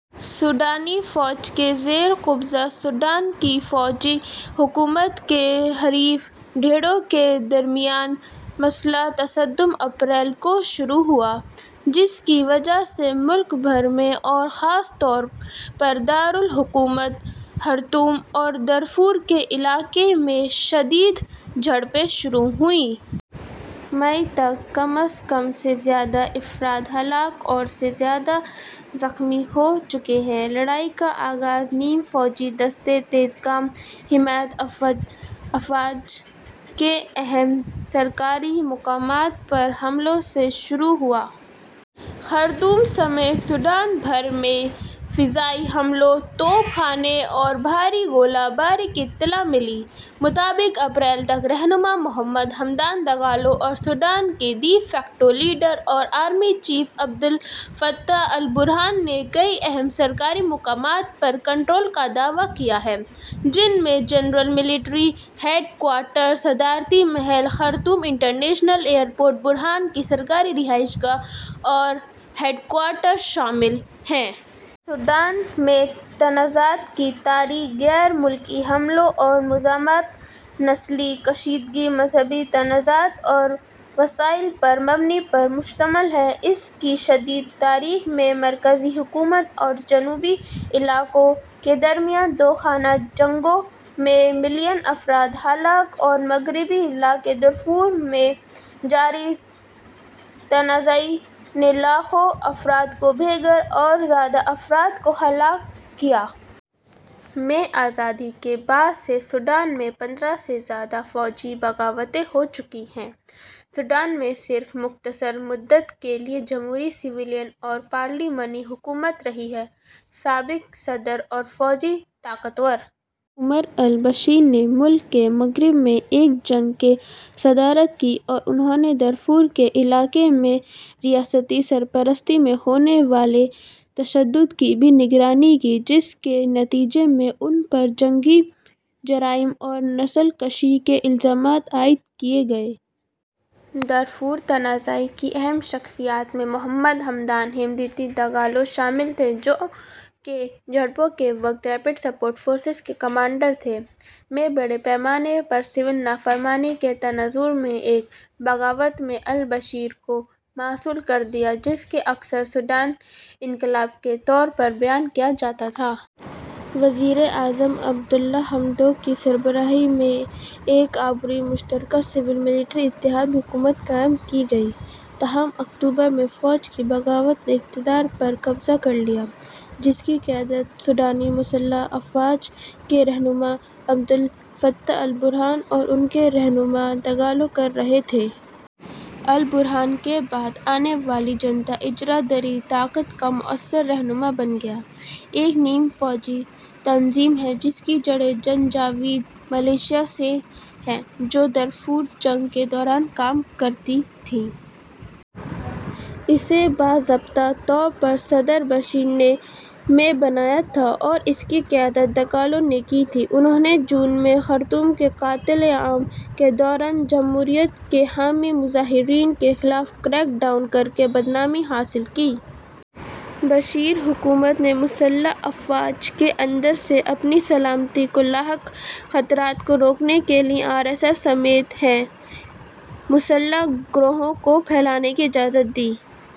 سوڈانی فوج کے زیر قبضہ سوڈان کی فوجی حکومت کے حریف دھڑوں کے درمیان مسلح تصادم اپریل ء کو شروع ہوا، جس کی وجہ سے ملک بھر میں اورخاص طور پر دار الحکومت خرطوم اور دارفور کے علاقے میں شدید جھڑپیں شروع ہوئیں۔ مئی تک کم از کم سے زائد افراد ہلاک اور ٫ سے زیادہ زخمی ہو چکے ہیں۔ لڑائی کا آغاز نیم فوجی دستے تیزگام حمیات افواج کے اہم سرکاری مقامات پر حملوں سے شروع ہوا۔ خرطوم سمیت سوڈان بھر میں فضائی حملوں، توپ خانے اور بھاری گولہ باری کی اطلاع ملی۔ بمطابق اپریل ء ، تک رہنما محمد حمدان دگالو اور سوڈان کے ڈی فیکٹو لیڈر اور آرمی چیف عبدالفتاح البرہان نے کئی اہم سرکاری مقامات پر کنٹرول کا دعویٰ کیا ہے جن میں جنرل ملٹری ہیڈ کوارٹر، صدارتی محل، خرطوم انٹرنیشنل ایئرپورٹ، برہان کی سرکاری رہائش گاہ اور ہیڈکوارٹر شامل ہیں۔ سوڈان میں تنازعات کی تاریخ غیر ملکی حملوں اور مزاحمت، نسلی کشیدگی، مذہبی تنازعات اور وسائل پر مبنی پر مشتمل ہے۔ اس کی جدید تاریخ میں، مرکزی حکومت اور جنوبی علاقوں کے درمیان دو خانہ جنگیوں میں ملین افراد ہلاک ہوئے اور مغربی علاقے دارفور میں جاری تنازعے نے لاکھ افراد کو بے گھر اور سے زیادہ افراد کو ہلاک کیا۔ ءمیں آزادی کے بعد سے سوڈان میں پندرہ سے زیادہ فوجی بغاوتیں ہو چکی ہیں سوڈان میں صرف مختصر مدت کے لیے جمہوری سویلین پارلیمانی حکومت رہی ہے۔ سابق صدر اور فوجی طاقتور عمر البشیر نے ملک کے مغرب میں ایک جنگ کی صدارت کی اور انھوں نے دارفور کے علاقے میں ریاستی سرپرستی میں ہونے والے تشدد کی بھی نگرانی کی، جس کے نتیجے میں ان پر جنگی جرائم اور نسل کشی کے الزامات عائد کیے گئے۔ دارفور تنازع کی اہم شخصیات میں محمد ہمدان "ہیمدتی" دگالو شامل تھے، جو ء کی جھڑپوں کے وقت ریپڈ سپورٹ فورسز کے کمانڈر تھے۔ ء میں، بڑے پیمانے پر سول نافرمانی کے تناظر میں ایک بغاوت نے البشیر کو معزول کر دیا جسے اکثر سوڈانی انقلاب کے طور پر بیان کیا جاتا تھا۔ وزیر اعظم عبد اللہ حمدوک کی سربراہی میں ایک عبوری مشترکہ سول ملٹری اتحاد حکومت قائم کی گئی۔ تاہم اکتوبر ء میں، فوج کی بغاوت نے اقتدار پر قبضہ کر لیا جس کی قیادت سوڈانی مسلح افواج کے رہنما عبدالفتاح البرہان اور کے رہنما دگالو کر رہے تھے۔ البرہان بعد میں آنے والی جنتا، اجارہ داری طاقت کا موثر رہنما بن گیا۔ ایک نیم فوجی تنظیم ہے جس کی جڑیں جنجاوید ملیشیا سے ہیں جو دارفر جنگ کے دوران کام کرتی تھیں۔ اسے باضابطہ طور پر صدر بشیر نے ء میں بنایا تھا اور اس کی قیادت دگالو نے کی تھی۔ انھوں نے جون ء میں خرطوم کے قتل عام کے دوران جمہوریت کے حامی مظاہرین کے خلاف کریک ڈاؤن کر کے بدنامی حاصل کی۔ بشیر حکومت نے مسلح افواج کے اندر سے اپنی سلامتی کو لاحق خطرات کو روکنے کے لیے آر ایس ایف سمیت کئی مسلح گروہوں کو پھیلنے کی اجازت دی۔